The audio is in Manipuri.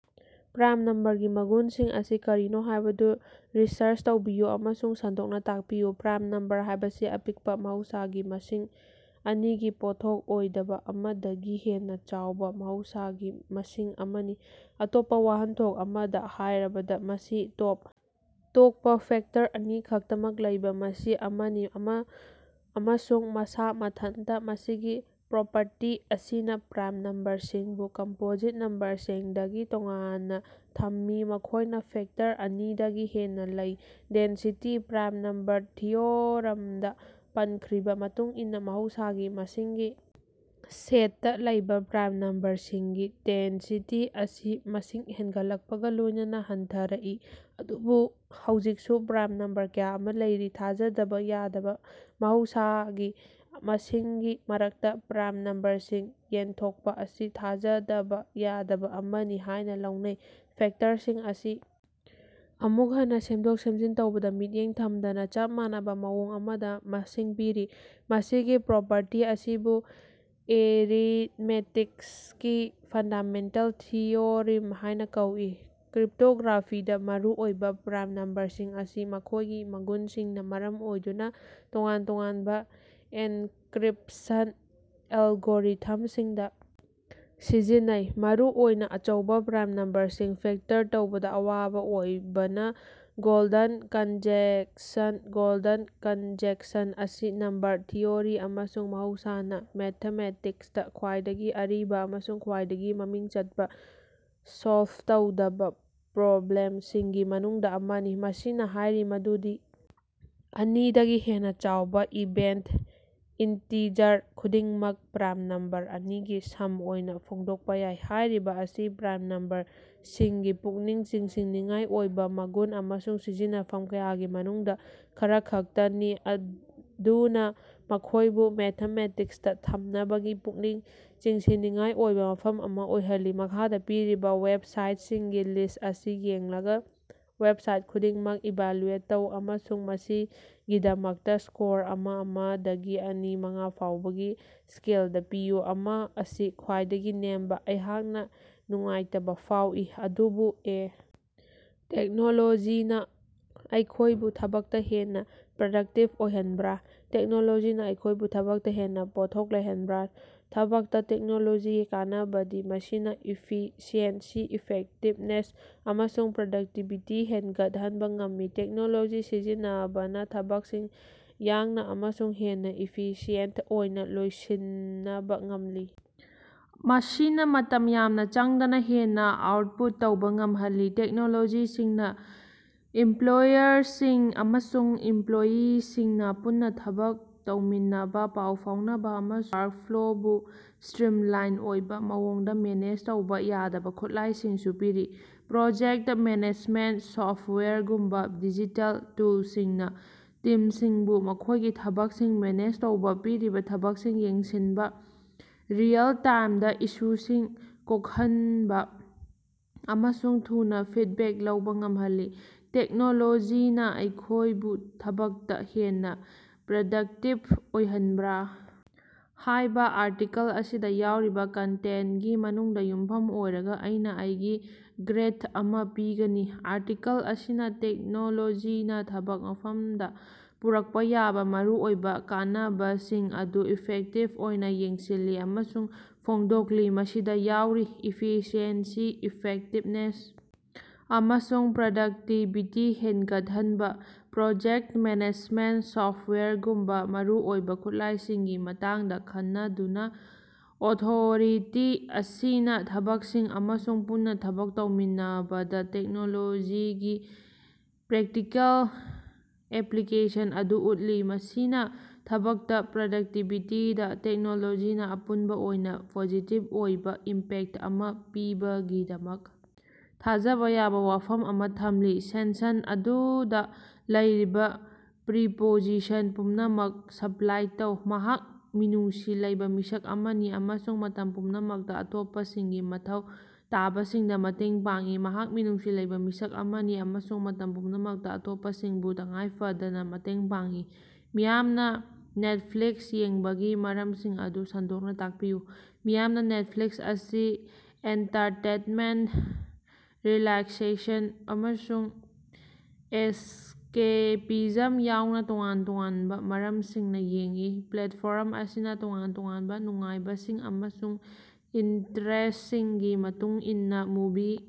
ꯄ꯭ꯔꯥꯏꯝ ꯅꯝꯕꯔ ꯑꯃꯒꯤ ꯃꯒꯨꯟꯁꯤꯡ ꯑꯁꯤ ꯀꯔꯤꯅꯣ ꯍꯥꯏꯕꯗꯨ ꯔꯤꯁꯔꯆ ꯇꯧꯕꯤꯌꯨ ꯑꯃꯁꯨꯡ ꯁꯟꯗꯣꯛꯅꯥ ꯇꯥꯛꯄꯤꯌꯨ꯫ ꯄ꯭ꯔꯥꯏꯝ ꯅꯝꯕꯔ ꯍꯥꯏꯕꯁꯤ ꯑꯄꯤꯛꯄꯥ ꯃꯍꯧꯁꯥꯒꯤ ꯃꯁꯤꯡ ꯑꯅꯤꯒꯤ ꯄꯣꯠꯊꯣꯛ ꯑꯣꯏꯗꯕꯥ ꯑꯃꯗꯒꯤ ꯍꯦꯟꯅꯥ ꯆꯥꯎꯕꯥ ꯃꯍꯧꯁꯥꯒꯤ ꯃꯁꯤꯡ ꯑꯃꯅꯤ꯫ ꯑꯇꯣꯞꯄꯥ ꯋꯥꯍꯟꯊꯣꯛ ꯑꯃꯗꯥ ꯍꯥꯏꯔꯕꯗꯥ, ꯃꯁꯤ ꯇꯣꯞ ꯇꯣꯞꯄꯥ ꯐꯦꯛꯇꯔ ꯑꯅꯤꯈꯛꯇꯃꯛ ꯂꯩꯕꯥ ꯃꯁꯤꯡ ꯑꯃꯅꯤ ꯑꯃ ꯑꯃꯁꯨꯡ ꯃꯁꯥ ꯃꯊꯟꯇꯥ꯫ ꯃꯁꯤꯒꯤ ꯄ꯭ꯔꯣꯄꯔꯇꯤ ꯑꯁꯤꯅꯥ ꯄ꯭ꯔꯥꯏꯝ ꯅꯝꯕꯔꯁꯤꯡꯕꯨ ꯀꯝꯄꯣꯖꯤꯠ ꯅꯝꯕꯔꯁꯤꯡꯗꯒꯤ ꯇꯣꯉꯥꯟꯅꯥ ꯊꯝꯃꯤ, ꯃꯈꯣꯏꯗꯥ ꯐꯦꯛꯇꯔ ꯑꯅꯤꯗꯒꯤ ꯍꯦꯟꯅꯥ ꯂꯩ꯫ ꯗꯦꯟꯁꯤꯇꯤ: ꯄ꯭ꯔꯥꯏꯝ ꯅꯝꯕꯔ ꯊꯤꯑꯣꯔꯝꯗꯥ ꯄꯟꯈ꯭ꯔꯤꯕꯥ ꯃꯇꯨꯡ ꯏꯟꯅꯥ ꯃꯍꯧꯁꯥꯒꯤ ꯃꯁꯤꯡꯒꯤ ꯁꯦꯠꯇꯥ ꯂꯩꯕꯥ ꯄ꯭ꯔꯥꯏꯝ ꯅꯝꯕꯔꯁꯤꯡꯒꯤ ꯗꯦꯟꯁꯤꯇꯤ ꯑꯁꯤ ꯃꯁꯤꯡ ꯍꯦꯒꯠꯂꯛꯄꯒꯥ ꯂꯣꯏꯅꯅꯥ ꯍꯟꯊꯔꯛꯏ꯫ ꯑꯗꯨꯕꯨ ꯍꯧꯖꯤꯛꯁꯨ ꯄ꯭ꯔꯥꯏꯝ ꯅꯝꯕꯔ ꯀꯌꯥ ꯑꯃꯥ ꯂꯩꯔꯤ꯫ ꯊꯥꯖꯗꯕꯥ ꯌꯥꯗꯕꯥ: ꯃꯍꯧꯁꯥꯒꯤ ꯃꯁꯤꯡꯒꯤ ꯃꯔꯛꯇꯥ ꯄ꯭ꯔꯥꯏꯝ ꯅꯝꯕꯔꯁꯤꯡ ꯌꯦꯟꯊꯣꯛꯄꯥ ꯑꯁꯤ ꯊꯥꯖꯗꯕꯥ ꯌꯥꯗꯕꯥ ꯑꯃꯅꯤ ꯍꯥꯏꯅꯥ ꯂꯧꯅꯩ꯫ ꯐꯦꯛꯇꯔꯁꯤꯡ ꯑꯁꯤ ꯑꯃꯨꯛ ꯍꯟꯅꯥ ꯁꯦꯝꯗꯣꯛ-ꯁꯦꯝꯖꯤꯟ ꯇꯧꯕꯗꯥ ꯃꯤꯠꯌꯦꯡ ꯊꯝꯗꯅꯥ ꯆꯞ ꯃꯥꯟꯅꯕꯥ ꯃꯑꯣꯡ ꯑꯃꯗꯥ ꯃꯁꯤꯡ ꯄꯤꯔꯤ꯫ ꯃꯁꯤꯒꯤ ꯄ꯭ꯔꯣꯄꯔꯇꯤ ꯑꯁꯤꯕꯨ ꯑꯦꯔꯤꯟꯃꯦꯇꯤꯛꯁꯀꯤ ꯐꯟꯗꯥꯃꯦꯟꯇꯦꯜ ꯊꯤꯑꯣꯔꯤꯝ ꯍꯥꯏꯅꯥ ꯀꯧꯏ꯫ ꯀ꯭ꯔꯤꯞꯇꯣꯒ꯭ꯔꯥꯐꯤꯗꯥ ꯃꯔꯨꯑꯣꯏꯕꯥ: ꯄ꯭ꯔꯥꯏꯝ ꯅꯝꯕꯔꯁꯤꯡ ꯑꯁꯤ ꯃꯈꯣꯏꯒꯤ ꯃꯒꯨꯟꯁꯤꯡꯅꯥ ꯃꯔꯝ ꯑꯣꯏꯗꯨꯅꯥ ꯇꯣꯉꯥꯟ ꯇꯣꯉꯥꯟꯕ ꯑꯦꯟꯀꯔꯤꯞꯁꯟ ꯑꯦꯂꯒꯣꯔꯤꯊꯝꯁꯤꯡꯗꯥ ꯁꯤꯖꯤꯟꯅꯩ, ꯃꯔꯨꯑꯣꯏꯅꯥ ꯑꯆꯧꯕꯥ ꯄ꯭ꯔꯥꯏꯝ ꯅꯝꯕꯔꯁꯤꯡ ꯐꯦꯛꯇꯔ ꯇꯧꯕꯗꯥ ꯑꯋꯥꯕꯥ ꯑꯣꯏꯕꯅꯥ꯫ ꯒꯣꯜꯗꯟ ꯀꯟꯖꯦꯛꯁꯟ: ꯒꯣꯜꯗꯟ ꯀꯟꯖꯦꯛꯁꯟ ꯑꯁꯤ ꯅꯝꯕꯔ ꯊꯤꯑꯣꯔꯤ ꯑꯃꯁꯨꯡ ꯃꯍꯧꯁꯥꯅ ꯃꯦꯊꯃꯦꯇꯤꯛꯁꯇꯥ ꯈ꯭ꯋꯥꯏꯗꯒꯤ ꯑꯔꯤꯕꯥ ꯑꯃꯁꯨꯡ ꯈ꯭ꯋꯥꯏꯗꯒꯤ ꯃꯃꯤꯡ ꯆꯠꯄꯥ ꯁꯣꯜꯞ ꯇꯧꯗꯕꯥ ꯄ꯭ꯔꯣꯕ꯭ꯂꯦꯝꯁꯤꯡꯒꯤ ꯃꯅꯨꯡꯗꯥ ꯑꯃꯅꯤ꯫ ꯃꯁꯤꯅꯥ ꯍꯥꯏꯔꯤ ꯃꯗꯨꯗꯤ ꯑꯅꯤ ꯗꯒꯤ ꯍꯦꯟꯅꯥ ꯆꯥꯎꯕ ꯏꯚꯦꯟꯇ ꯏꯟꯇꯤꯖꯔ ꯈꯨꯗꯤꯡꯃꯛ ꯄ꯭ꯔꯥꯏꯝ ꯅꯝꯕꯔ ꯑꯅꯤꯒꯤ ꯁꯝ ꯑꯣꯏꯅꯥ ꯐꯣꯡꯗꯣꯛꯄꯥ ꯌꯥꯏ꯫ꯍꯥꯏꯔꯤꯕꯥ ꯑꯁꯤ ꯄ꯭ꯔꯥꯏꯝ ꯅꯝꯕꯔꯁꯤꯡꯒꯤ ꯄꯨꯛꯅꯤꯡ ꯆꯤꯡꯁꯤꯟꯅꯤꯡꯉꯥꯏ ꯑꯣꯏꯕꯥ ꯃꯒꯨꯟ ꯑꯃꯁꯨꯡ ꯁꯤꯖꯤꯟꯅꯐꯝ ꯀꯌꯥꯒꯤ ꯃꯅꯨꯡꯗꯥ ꯈꯔꯈꯛꯇꯅꯤ, ꯃꯗꯨꯅꯥ ꯃꯈꯣꯏꯕꯨ ꯃꯦꯊꯃꯦꯇꯤꯛꯁꯇꯥ ꯇꯝꯅꯕꯒꯤ ꯄꯨꯛꯅꯤꯡ ꯆꯤꯡꯁꯤꯟꯅꯤꯡꯉꯥꯏ ꯑꯣꯏꯕꯥ ꯃꯐꯝ ꯑꯃꯥ ꯑꯣꯏꯍꯜꯂꯤ꯫ ꯃꯈꯥꯗꯥ ꯄꯤꯔꯤꯕꯥ ꯋꯦꯕꯁꯥꯏꯠꯁꯤꯡꯒꯤ ꯂꯤꯁ ꯑꯁꯤ ꯌꯦꯡꯂꯒꯥ, ꯋꯦꯕꯁꯥꯏꯠ ꯈꯨꯗꯤꯡꯃꯛ ꯏꯚꯥꯜꯌꯨꯑꯦꯠ ꯇꯧ ꯑꯃꯁꯨꯡ ꯃꯁꯤꯒꯤꯗꯃꯛꯇꯥ ꯁ꯭ꯀꯣꯔ ꯑꯃ ꯑꯃ ꯗꯒꯤ ꯑꯅꯤ ꯃꯉꯥ ꯐꯥꯎꯕꯒꯤ ꯁ꯭ꯀꯦꯂꯗꯥ ꯄꯤꯌꯨ (ꯑꯃ ꯑꯁꯤ ꯈ꯭ꯋꯥꯏꯗꯒꯤ ꯅꯦꯝꯕꯥ)꯫ ꯑꯩꯍꯥꯛꯅꯥ ꯅꯨꯡꯉꯥꯏꯇꯕꯥ ꯐꯥꯎꯏ, ꯑꯗꯨꯕꯨ ꯑꯦ. "ꯇꯦꯛꯅꯣꯂꯣꯖꯤꯅꯥ ꯑꯩꯈꯣꯏꯕꯨ ꯊꯕꯛꯇꯥ ꯍꯦꯟꯅꯥ ꯄ꯭ꯔꯗꯛꯇꯤꯕ ꯑꯣꯏꯍꯟꯕꯔꯥ? " ꯇꯦꯛꯅꯣꯂꯣꯖꯤꯅ ꯑꯩꯈꯣꯏꯕꯨ ꯊꯕꯛꯇꯥ ꯍꯦꯟꯅꯥ ꯄꯣꯠꯊꯣꯛ ꯂꯩꯍꯟꯕꯔꯥ? ꯊꯕꯛꯇꯥ ꯇꯦꯛꯅꯣꯂꯣꯖꯤꯒꯤ ꯀꯥꯟꯅꯕꯗꯤ ꯃꯁꯤꯅꯥ ꯏꯐꯤꯁꯤꯑꯦꯟꯁꯤ, ꯏꯐꯦꯛꯇꯤꯕꯅꯦꯁ ꯑꯃꯁꯨꯡ ꯄ꯭ꯔꯗꯛꯇꯤꯕꯤꯇꯤ ꯍꯦꯒꯠꯍꯟꯕ ꯉꯝꯃꯤ꯫ ꯇꯦꯛꯅꯣꯂꯣꯖꯤ ꯁꯤꯖꯤꯟꯅꯕꯅꯥ ꯊꯕꯛꯁꯤꯡ ꯌꯡꯅ ꯑꯃꯁꯨꯡ ꯍꯦꯟꯅꯥ ꯏꯐꯤꯁꯤꯌꯦꯟꯇ ꯑꯣꯏꯅ ꯂꯣꯏꯁꯤꯅꯕ ꯉꯝꯂꯤ, ꯃꯁꯤꯅ ꯃꯇꯝ ꯌꯥꯝꯅ ꯆꯪꯗꯅꯥ ꯍꯦꯟꯅꯥ ꯑꯥꯎꯠꯄꯨꯠ ꯇꯧꯕꯥ ꯉꯝꯍꯜꯂꯤ꯫ ꯇꯦꯛꯅꯣꯂꯣꯖꯤꯁꯤꯡꯅꯥ ꯏꯝꯄꯂꯣꯏꯌꯔꯁꯤꯡ ꯑꯃꯁꯨꯡ ꯏꯝꯄꯂꯣꯏꯌꯤꯁꯤꯡꯅꯥ ꯄꯨꯟꯅꯥ ꯊꯕꯛ ꯇꯧꯃꯤꯟꯅꯕꯥ, ꯄꯥꯎ ꯐꯥꯎꯅꯕꯥ ꯑꯃꯁꯨꯡ ꯋꯥꯔꯛꯐ꯭ꯂꯣꯕꯨ ꯁ꯭ꯇꯔꯤꯝꯂꯥꯏꯟ ꯑꯣꯏꯕꯥ ꯃꯑꯣꯡꯗ ꯃꯦꯅꯦꯖ ꯇꯧꯕ ꯌꯥꯗꯕ ꯈꯨꯠꯂꯥꯏꯁꯤꯡꯁꯨ ꯄꯤꯔꯤ꯫ ꯄ꯭ꯔꯣꯖꯦꯛꯇ ꯃꯦꯅꯦꯖꯃꯦꯟꯇ ꯁꯣꯐꯋꯦꯌꯔꯒꯨꯝꯕꯥ ꯗꯤꯖꯤꯇꯦꯜ ꯇꯨꯜꯁꯤꯡꯅꯥ ꯇꯤꯝꯁꯤꯡꯕꯨ ꯃꯈꯣꯏꯒꯤ ꯊꯕꯛꯁꯤꯡ ꯃꯦꯅꯦꯖ ꯇꯧꯕꯥ, ꯄꯤꯔꯤꯕꯥ ꯊꯕꯛꯁꯤꯡ ꯌꯦꯡꯁꯤꯡꯕꯥ, ꯔꯤꯑꯦꯜ-ꯇꯥꯏꯝꯗꯥ ꯏꯁꯨꯁꯤꯡ ꯀꯣꯛꯈꯟꯕꯥ ꯑꯃꯁꯨꯡ ꯊꯨꯅ ꯐꯤꯠꯕꯦꯛ ꯂꯧꯕꯥ ꯉꯝꯍꯜꯂꯤ꯫ "ꯇꯦꯛꯅꯣꯂꯣꯖꯤꯅꯥ ꯑꯩꯈꯣꯌꯕꯨ ꯊꯕꯛꯇꯥ ꯍꯦꯟꯅꯥ ꯄ꯭ꯔꯗꯛꯇꯤꯕ ꯑꯣꯏꯍꯟꯕꯔꯥ? ", ꯍꯥꯏꯕ ꯑꯥꯔꯇꯤꯀꯜ ꯑꯁꯤꯗ ꯌꯥꯎꯔꯤꯕ ꯀꯟꯇꯦꯟꯇꯒꯤ ꯃꯅꯨꯡꯗꯥ ꯌꯨꯝꯐꯝ ꯑꯣꯏꯔꯒꯥ, ꯑꯩꯅꯥ ꯑꯩꯩꯒꯤ ꯒ꯭ꯔꯦꯗ ꯑꯃꯥ ꯄꯤꯒꯅꯤ, ꯑꯥꯔꯇꯤꯀꯜ ꯑꯁꯤꯅꯥ ꯇꯦꯛꯅꯣꯂꯣꯖꯤꯅꯥ ꯊꯕꯛ ꯃꯐꯝꯗꯥ ꯄꯨꯔꯛꯄꯥ ꯌꯥꯕ ꯃꯔꯨꯑꯣꯏꯕꯥ ꯀꯥꯟꯅꯕꯁꯤꯡ ꯑꯗꯨ ꯏꯐꯦꯛꯇꯤꯕ ꯑꯣꯏꯅ ꯌꯦꯡꯁꯤꯜꯂꯤ ꯑꯃꯁꯨꯡ ꯐꯣꯡꯗꯣꯛꯂꯤ, ꯃꯁꯤꯗꯥ ꯌꯥꯎꯔꯤ꯫ ꯏꯐꯤꯁꯤꯑꯦꯟꯁꯤ, ꯏꯐꯦꯛꯇꯤꯕꯅꯦꯁ ꯑꯃꯁꯨꯡ ꯄ꯭ꯔꯗꯛꯇꯤꯕꯤꯇꯤ ꯍꯦꯒꯠꯍꯟꯕꯥ꯫ ꯄ꯭ꯔꯣꯖꯦꯛꯇ ꯃꯦꯅꯦꯖꯃꯦꯟꯇ ꯁꯣꯐꯋꯦꯌꯔꯒꯨꯝꯕꯥ ꯃꯔꯨꯑꯣꯏꯕꯥ ꯈꯨꯠꯂꯥꯏꯁꯤꯡꯒꯤ ꯃꯇꯥꯡꯗꯥ ꯈꯟꯅꯗꯨꯅꯥ, ꯑꯣꯊꯣꯔꯤꯇꯤ ꯑꯁꯤꯅꯥ ꯊꯕꯛꯁꯤꯡ ꯑꯃꯁꯨꯡ ꯄꯨꯟꯅꯥ ꯊꯕꯛ ꯇꯧꯃꯤꯟꯅꯕꯗꯥ ꯇꯦꯛꯅꯣꯂꯣꯖꯤꯒꯤ ꯄ꯭ꯔꯦꯛꯇꯤꯀꯦꯜ ꯑꯦꯄꯂꯤꯀꯦꯁꯟ ꯑꯗꯨ ꯎꯠꯂꯤ, ꯃꯁꯤꯅꯥ ꯊꯕꯛꯇꯥ ꯄ꯭ꯔꯗꯛꯇꯤꯕꯤꯇꯤꯗꯥ ꯇꯦꯛꯅꯣꯂꯣꯖꯤꯅ ꯑꯄꯨꯟꯕꯥ ꯑꯣꯏꯅꯥ ꯄꯣꯖꯤꯇꯤꯕ ꯑꯣꯏꯕꯥ ꯏꯝꯄꯦꯛꯇ ꯑꯃꯥ ꯄꯤꯕꯒꯤꯗꯃꯛ ꯊꯥꯖꯕ ꯌꯥꯕ ꯋꯥꯐꯝ ꯑꯃ ꯊꯝꯂꯤ꯫ ꯁꯦꯟꯁꯟ ꯑꯗꯨꯗꯥ ꯂꯩꯔꯤꯕꯥ ꯄ꯭ꯔꯤꯄꯣꯖꯤꯁꯟ ꯄꯨꯝꯅꯃꯛ ꯁꯄꯂꯥꯏ ꯇꯧ꯫ ꯃꯍꯥꯛ ꯃꯤꯅꯨꯡꯁꯤ ꯂꯩꯕ ꯃꯤꯁꯛ ꯑꯃꯅꯤ ꯑꯃꯁꯨꯡ ꯃꯇꯝ ꯄꯨꯝꯅꯃꯛꯇ ꯑꯇꯣꯞꯄꯁꯤꯡꯒꯤ ꯃꯊꯧ ꯇꯥꯕꯁꯤꯡꯗ ꯃꯇꯦꯡ ꯄꯥꯡꯏ꯫ ꯃꯍꯥꯛ ꯃꯤꯅꯨꯡꯁꯤ ꯂꯩꯕꯥ ꯃꯤꯁꯛ ꯑꯃꯅꯤ ꯑꯃꯁꯨꯡ ꯃꯇꯝ ꯄꯨꯝꯅꯃꯛꯇꯥ ꯑꯇꯣꯞꯄꯁꯤꯡꯕꯨ ꯇꯉꯥꯏꯐꯗꯅꯥ ꯃꯇꯦꯡ ꯄꯥꯡꯏ꯫ ꯃꯤꯌꯥꯝꯅꯥ ꯅꯦꯠꯐ꯭ꯂꯤꯛꯁ ꯌꯦꯡꯕꯒꯤ ꯃꯔꯝꯁꯤꯡ ꯑꯗꯨ ꯁꯟꯗꯣꯛꯅꯥ ꯇꯥꯛꯄꯤꯌꯨ꯫ ꯃꯤꯌꯥꯝꯅꯥ ꯅꯦꯠꯐ꯭ꯂꯤꯛꯁ ꯑꯁꯤ ꯑꯦꯟꯇꯥꯔꯇꯦꯟꯃꯦꯟꯇ, ꯔꯤꯂꯥꯛꯁꯦꯁꯟ, ꯑꯃꯁꯨꯡ ꯑꯦꯁꯀꯦꯄꯤꯖꯝ ꯌꯥꯎꯅ ꯇꯣꯉꯥꯟ ꯇꯣꯉꯥꯟꯕ ꯃꯔꯝꯁꯤꯡꯅ ꯌꯦꯡꯏ꯫ ꯄ꯭ꯂꯦꯠꯐꯣꯔꯝ ꯑꯁꯤꯅ ꯇꯣꯉꯥꯟ ꯇꯣꯉꯥꯟꯕꯥ ꯅꯨꯡꯉꯥꯏꯕꯁꯤꯡ ꯑꯃꯁꯨꯡ ꯏꯟꯇꯔꯦꯁ꯭ꯇꯁꯤꯡꯒꯤ ꯃꯇꯨꯡ ꯏꯟꯅꯥ ꯃꯨꯚꯤ.꯫